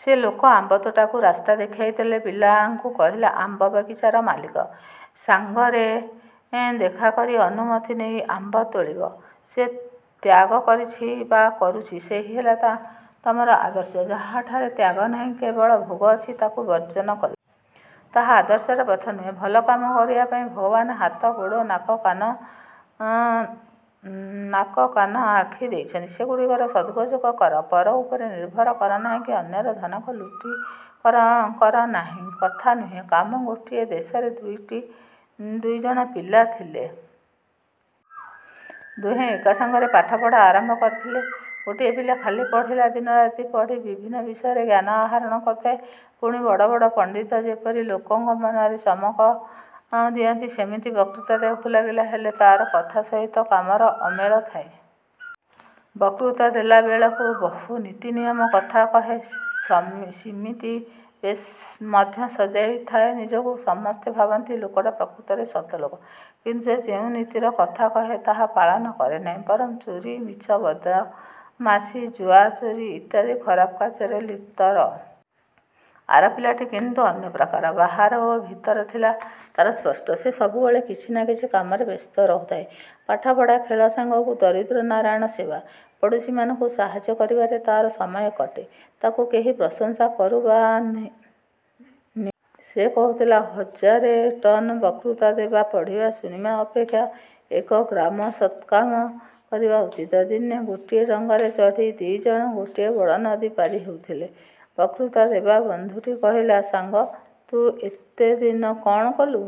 ସେ ଲୋକ ଆମ୍ବତୋଟାକୁ ରାସ୍ତା ଦେଖାଇଦେଇ ପିଲାକୁ କହିଲା, ''ଆମ୍ବ ବଗିଚାର ମାଲିକ ସାଙ୍ଗରେ ଦେଖାକରି ଅନୁମତି ନେଇ ଆମ୍ବ ତୋଳିବ। '' ଯେ ତ୍ୟାଗ କରିଛି ବା କରୁଛି ସେହି ହେଲା ତମର ଆଦର୍ଶ। ଯାହାଠାରେ ତ୍ୟାଗ ନାହିଁ, କେବଳ ଭୋଗ ଅଛି, ତାକୁ ବର୍ଜନ କରିବ। ତାହା ଆଦର୍ଶର ପଥ ନୁହେଁ। ଭଲ କାମ କରିବା ପାଇଁ ଭଗବାନ ହାତ-ଗୋଡ଼, ନାକ-କାନ, ଆଖି ଦେଇଛନ୍ତି। ସେଗୁଡ଼ିକର ସଦୁପଯୋଗ କର। ପର ଉପରେ ନିର୍ଭର କର ନାହିଁ କି ଅନ୍ୟର ଧନକୁ ଲୁଟିକର ନାହିଁ। କଥା ନୁହେଁ, କାମ ଗୋଟିଏ ଦେଶରେ ଦୁଇଜଣ ପିଲା ଥିଲେ। ଦୁହେଁ ଏକା ସାଙ୍ଗରେ ପାଠପଢ଼ା ଆରମ୍ଭ କରିଥିଲେ। ଗୋଟିଏ ପିଲା ଖାଲି ପଢ଼ିଲା। ଦିନରାତି ପଢ଼ି ବିଭିନ୍ନ ବିଷୟରେ ଜ୍ଞାନ ଆହରଣ କରୁଥାଏ; ପୁଣି ବଡ଼ ବଡ଼ ପଣ୍ତିତ ଯେପରି ଲୋକଙ୍କ ମନରେ ଚମକ ଦିଅନ୍ତି ସିମିତି ବକ୍ତୃତା ଦେବାକୁ ଲାଗିଲା। ହେଲେ ତା'ର କଥା ସହିତ କାମର ଅମେଳ ଥାଏ। ବକ୍ତୃତା ଦେଲାବେଳକୁ ବହୁ ନୀତି-ନିୟମ କଥା କହେ। ସିମିତି ବେଶ୍ ମଧ୍ୟ ସଜାଇଥାଏ ନିଜକୁ। ସମସ୍ତେ ଭାବନ୍ତି ଲୋକଟା ପ୍ରକୃତରେ ସତଲୋକ। କିନ୍ତୁ ସେ ଯେଉଁ ନୀତିର କଥା କହେ ତାହା ପାଳନ କରେନାହିଁ, ବରଂ ଚୋରି, ମିଛ, ବଦମାସି, ଜୁଆଚୋରି ଇତ୍ୟାଦି ଖରାପ କାର୍ଯ୍ୟରେ ଲିପ୍ତ ରହେ। ଆର ପିଲାଟି କିନ୍ତୁ ଅନ୍ୟ ପ୍ରକାର। ବାହାର ଓ ଭିତର ଥିଲା ତାର ସ୍ପଷ୍ଟ। ସେ ସବୁବେଳେ କିଛି ନା କିଛି କାମରେ ବ୍ୟସ୍ତ ରହୁଥାଏ। ପାଠପଢ଼ା, ଖେଳ ସାଙ୍ଗକୁ ଦରିଦ୍ର-ନାରାୟଣ ସେବା, ପଡ଼ୋଶୀମାନଙ୍କୁ ସାହାଯ୍ୟ କରିବାରେ ତାର ସମୟ କଟେ। ତାକୁ କେହି ପ୍ରଶଂସା କରୁ ବା ନିନ୍ଦା କରୁ, ସେ କାନ ଦିଏ ନାହିଁ। ସେ କହୁଥିଲା, ହଜାରେ ଟନ ବକ୍ତୃତା ଦେବା, ପଢ଼ିବା, ଶୁଣିବା ଅପେକ୍ଷା ଏକ ଗ୍ରାମ ସତ୍କାମ କରିବା ଉଚିତ। ଦିନେ ଗୋଟିଏ ଡଙ୍ଗାରେ ଚଢ଼ି ଦିଜଣ ଗୋଟିଏ ବଡ଼ ନଦୀ ପାରି ହେଉଥିଲେ। ବକ୍ତୃତା ଦେବା ବଂଧୁଟି କହିଲା, ''ସାଙ୍ଗ, ତୁ ଏତେଦିନ କ'ଣ କଲୁ,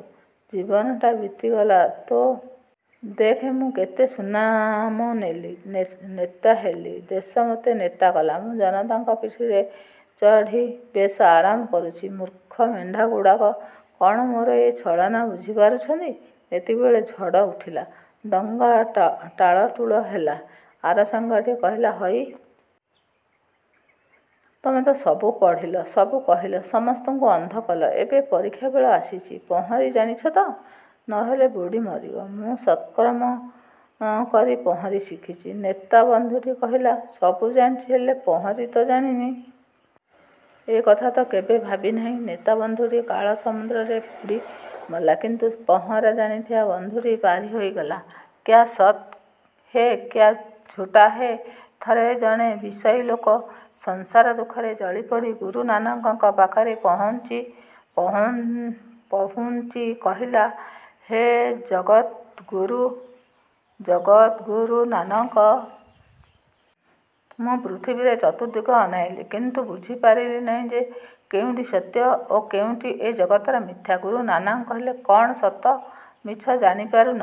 ଜୀବନଟା ବିତିଗଲା ତୋର ଅକାରଣରେ-। ଦେଖ୍, ମୁଁ କେତେ ସୁନାମ ନେଲି, ନେତା ହେଲି। ଦେଶ ମୋତେ ନେତା କଲା, ମୁଁ ଜନତାଙ୍କ ପିଠିରେ ଚଢ଼ି ବେଶ୍ ଆରାମ କରୁଛି—ମୂର୍ଖ ମେଣ୍ଢାଗୁଡ଼ାକ କ'ଣ ମୋର ଏ ଛଳନା ବୁଝି ପାରୁଛନ୍ତି-? '' ଏତିକିବେଳେ ଝଡ଼ ଉଠିଲା। ଡଙ୍ଗା ଟାଳଟୁଳ ହେଲା। ଆର ସାଙ୍ଗଟି କହିଲା—''ହଇ ହୋ, ନେତା ବଂଧୁ! ତମେ ତ ସବୁ ପଢ଼ିଲ, ସବୁ କହିଲ, ସମସ୍ତଙ୍କୁ ଅନ୍ଧ କଲ। ଏବେ ପରୀକ୍ଷା ବେଳ ଆସିଛି। ପହଁରି ଜାଣିଛ ତ? ନ ହେଲେ ବୁଡ଼ି ମରିବ। ମୁଁ ସତ୍କର୍ମ କରି ପହଁରି ଶିଖିଛି। '' ନେତା ବନ୍ଧୁଟି କହିଲା—''ସବୁ ଜାଣିଛି, ହେଲେ ପହଁରି ତ ଜାଣିନି। ଏ କଥା ତ କେବେ ଭାବି ନାହିଁ-। '' ନେତା ବନ୍ଧୁଟି କାଳ-ସମୁଦ୍ରରେ ବୁଡ଼ି ମଲା, କିନ୍ତୁ ପହଁରା ଜାଣିଥିବା ବନ୍ଧୁଟି ପାରି ହୋଇଗଲା। କ୍ୟା ସତ୍ ହୈ କ୍ୟା ଝୁଟା ହୈ ଥରେ ଜଣେ ବିଷୟୀ ଲୋକ ସଂସାରଦୁଃଖରେ ଜଳିପୋଡ଼ି ଗୁରୁ ନାନକଙ୍କ ପାଖରେ ପହୁଞ୍ଚି କହିଲା—ହେ ଜଗତ୍ଗୁରୁ ନାନକ! ମୁଁ ପୃଥିବୀରେ ଚତୁର୍ଦ୍ଦିଗ ଅନାଇଲି କିନ୍ତୁ ବୁଝିପାରିଲି ନାହିଁ ଯେ କେଉଁଟି ସତ୍ୟ ଓ କେଉଁଟି ଏ ଜଗତରେ ମିଥ୍ୟା। ଗୁରୁ ନାନକ କହିଲେ,''କ'ଣ ସତ ମିଛ ଜାଣି ପାରୁନ?